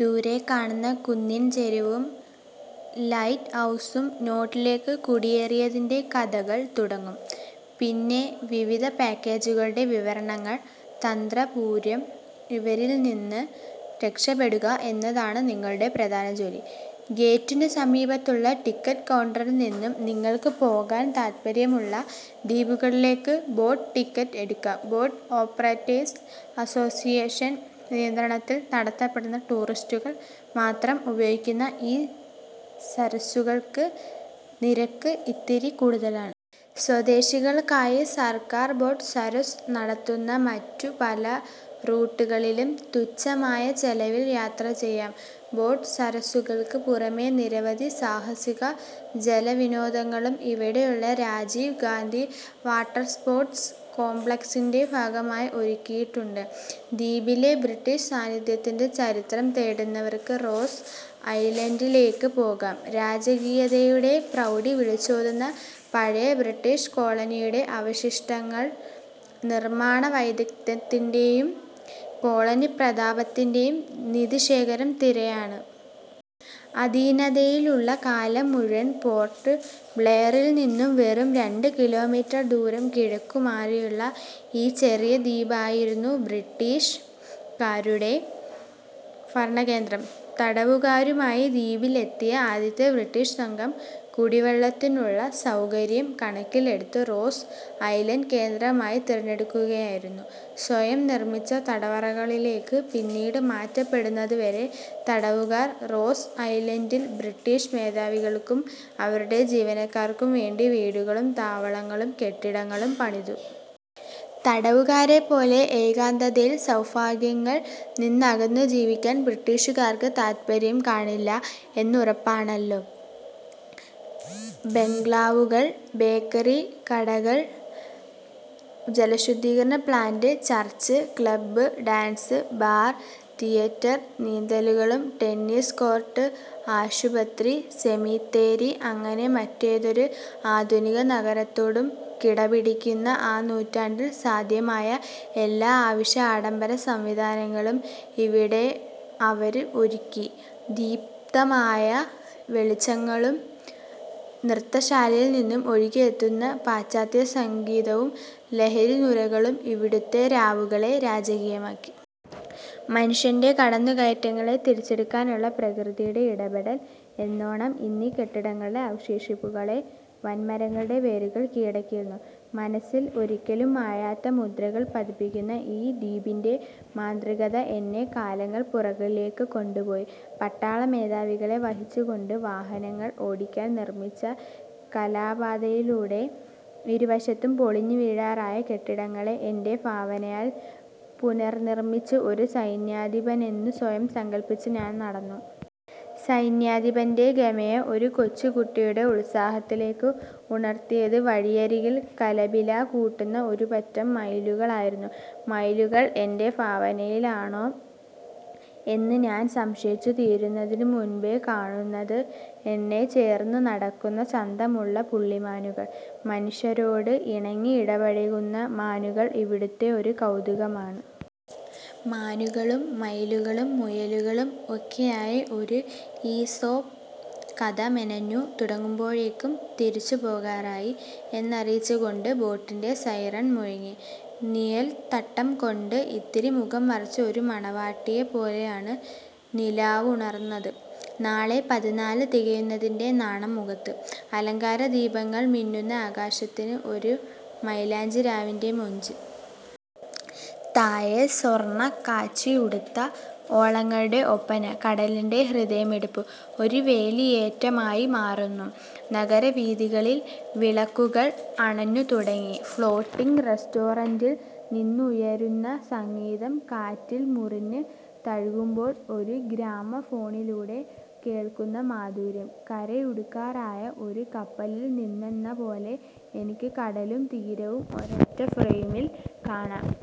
ദൂരെ കാണുന്ന കുന്നിന്ചെരിവും ലൈറ്റ് ഹൗസും നോട്ടിലേക്ക് കുടിയേറിയതിന്റെ കഥകള് തുടങ്ങും. പിന്നെ വിവിധ പാക്കേജുകളുടെ വിവരണങ്ങള്. തന്ത്രപൂര്വം ഇവരില്നിന്ന് രക്ഷപ്പെടുക എന്നതാണ് നിങ്ങളുടെ പ്രധാന ജോലി. ഗേറ്റിനു സമീപത്തുള്ള ടിക്കറ്റ് കൗണ്ടറില്നിന്നും നിങ്ങള്ക്ക് പോകാന് താത്പര്യമുള്ള ദ്വീപുകളിലേക്ക് ബോട്ട് ടിക്കറ്റ് എടുക്കാം. ബോട്ട് ഓപ്പറേറ്റേഴ്സ് അസോസിയേഷന് നിയന്ത്രണത്തില് നടത്തപ്പെടുന്ന, ടൂറിസ്റ്റുകള് മാത്രം ഉപയോഗിക്കുന്ന ഈ സര്വീസുകള്ക്ക് നിരക്ക് ഇത്തിരി കൂടുതലാണ്. സ്വദേശികള്ക്കായി സര്ക്കാര് ബോട്ട് സര്വീസ് നടത്തുന്ന മറ്റു പല റൂട്ടുകളിലും തുച്ഛമായ ചെലവില് യാത്ര ചെയ്യാം. ബോട്ട് സര്വീസുകള്ക്ക് പുറമേ നിരവധി സാഹസിക ജലവിനോദങ്ങളും ഇവിടെയുള്ള രാജീവ് ഗാന്ധി വാട്ടര്സ്പോര്ട്സ് കോംപ്ലക്സിന്റെ ഭാഗമായി ഒരുക്കിയിട്ടുണ്ട്. ദ്വീപിലെ ബ്രിട്ടീഷ് സാന്നിധ്യത്തിന്റെ ചരിത്രം തേടുന്നവര്ക്ക് റോസ് ഐലന്ഡിലേക്ക് പോകാം; രാജകീയതയുടെ പ്രൗഢി വിളിച്ചോതുന്ന പഴയ ബ്രിട്ടീഷ് കോളനിയുടെ അവശിഷ്ടങ്ങളില് നിര്മാണ വൈദഗ്ധ്യത്തിന്റെയും കോളനി പ്രതാപത്തിന്റെയും നിധിശേഖരം തിരയാന്. അധീനതയിലുള്ള കാലം മുഴുവന്, പോര്ട്ട് ബ്ലെയറില്നിന്നും വെറും രണ്ടു കിലോമീറ്റര് ദൂരം കിഴക്കുമാറിയുള്ള ഈ ചെറിയ ദ്വീപായിരുന്നു ബ്രിട്ടീഷുകാരുടെ ഭരണകേന്ദ്രം. തടവുകാരുമായി ദ്വീപിലെത്തിയ ആദ്യത്തെ ബ്രിട്ടീഷ് സംഘം കുടിവെള്ളത്തിനുള്ള സൗകര്യം കണക്കിലെടുത്ത് റോസ് ഐലന്ഡ് കേന്ദ്രമായി തിരഞ്ഞെടുക്കുകയായിരുന്നു. സ്വയം നിര്മിച്ച തടവറകളിലേക്ക് പിന്നീട് മാറ്റപ്പെടുന്നതുവരെ തടവുകാര് റോസ് ഐലന്ഡില് ബ്രിട്ടീഷ് മേധാവികള്ക്കും അവരുടെ ജീവനക്കാര്ക്കും വേണ്ടി വീടുകളും താവളങ്ങളും കെട്ടിടങ്ങളും പണിതു. തടവുകാരെപോലെ ഏകാന്തതയില് സൗഭാഗ്യങ്ങളില് നിന്നകന്നു ജീവിക്കാന് ബ്രിട്ടീഷുകാര്ക്ക് താത്പര്യം കാണില്ല എന്ന് ഉറപ്പാണല്ലോ. ബംഗ്ലാവുകള്, ബേക്കറി, കടകള്, ജലശുദ്ധീകരണ plant, church, club, dance bar, theatre, നീന്തല്കുളം, ടെന്നീസ് കോര്ട്ട്, ആശുപത്രി, സെമിത്തേരി അങ്ങനെ മറ്റേതൊരു ആധുനികനഗരത്തോടും കിടപിടിക്കുന്ന, ആ നൂറ്റാണ്ടില് സാധ്യമായ, എല്ലാ അവശ്യ ആഡംബര സംവിധാനങ്ങളും ഇവിടെ അവര് ഒരുക്കി. ദീപ്തമായ വെളിച്ചങ്ങളും നൃത്തശാലയില് നിന്നും ഒഴുകിയെത്തുന്ന പാശ്ചാത്യസംഗീതവും ലഹരിനുരകളും ഇവിടുത്തെ രാവുകളെ രാജകീയമാക്കി. മനുഷ്യന്റെ കടന്നുകയറ്റങ്ങളെ തിരിച്ചെടുക്കാനുള്ള പ്രകൃതിയുടെ ഇടപെടല് എന്നോണം ഇന്നീ കെട്ടിടങ്ങളുടെ അവശേഷിപ്പുകളെ വന്മരങ്ങളുടെ വേരുകള് കീഴടക്കിയിരിക്കുന്നു. മനസ്സില് ഒരിക്കലും മായാത്ത മുദ്രകള് പതിപ്പിക്കുന്ന ഈ ദ്വീപിന്റെ മാന്ത്രികത എന്നെ കാലങ്ങള് പുറകിലേക്ക് കൊണ്ടുപോയി. പട്ടാളമേധാവികളെ വഹിച്ചുകൊണ്ട് വാഹനങ്ങള് ഓടിക്കാന് നിര്മിച്ച കല്പാതയിലൂടെ, ഇരുവശത്തും പൊളിഞ്ഞുവീഴാറായ കെട്ടിടങ്ങളെ എന്റെ ഭാവനയാല് പുനര്നിര്മിച്ച് ഒരു സൈന്യാധിപനെന്നു സ്വയം സങ്കല്പ്പിച്ച് ഞാന് നടന്നു. സൈന്യാധിപന്റെ ഗമയെ ഒരു കൊച്ചുകുട്ടിയുടെ ഉത്സാഹത്തിലേക്ക് ഉണര്ത്തിയത് വഴിയരികില് കലപില കൂട്ടുന്ന ഒരുപറ്റം മയിലുകള് ആയിരുന്നു. മയിലുകള് എന്റെ ഭാവനയിലാണോ എന്ന് ഞാന് സംശയിച്ചു തീരുന്നതിനു മുന്പേ കാണുന്നത് എന്നെ ചേര്ന്ന് നടക്കുന്ന ചന്തമുള്ള പുള്ളിമാനുകള്. മനുഷ്യരോട് ഇണങ്ങി ഇടപഴകുന്ന മാനുകള് ഇവിടുത്തെ ഒരു കൗതുകമാണ്. മാനുകളും മയിലുകളും മുയലുകളും ഒക്കെയായി ഒരു ഈസോപ്പ് കഥ മെനഞ്ഞു തുടങ്ങുമ്പോഴേക്കും തിരിച്ചുപോകാറായി എന്നറിയിച്ചുകൊണ്ട് ബോട്ടിന്റെ സൈറണ് മുഴങ്ങി. നിഴല്തട്ടംകൊണ്ട് ഇത്തിരി മുഖം മറച്ച് ഒരു മണവാട്ടിയെ പോലെയാണ് നിലാവുണര്ന്നത്. നാളെ പതിന്നാല് തികയുന്നതിന്റെ നാണം മുഖത്ത്. അലങ്കാരദീപങ്ങള് മിന്നുന്ന ആകാശത്തിന് ഒരു മൈലാഞ്ചിരാവിന്റെ മൊഞ്ച്. താഴെ സ്വര്ണക്കാച്ചിയുടുത്ത ഓളങ്ങളുടെ ഒപ്പന. കടലിന്റെ ഹൃദയമിടിപ്പ് ഒരു വേലിയേറ്റമായി മാറുന്നു. നഗരവീഥികളില് വിളക്കുകള് അണഞ്ഞു തുടങ്ങി. ഫ്ലോട്ടിങ് റെസ്റ്റോറന്റില് നിന്നുയരുന്ന സംഗീതം കാറ്റില് മുറിഞ്ഞ് തഴുകുമ്പോള് ഒരു ഗ്രാമഫോണിലൂടെ കേള്ക്കുന്ന മാധുര്യം. കരയടുക്കാറായ ഒരു കപ്പലില്നിന്നെന്നപോലെ എനിക്ക് കടലും തീരവും ഒരൊറ്റ ഫ്രെയിമില് കാണാം.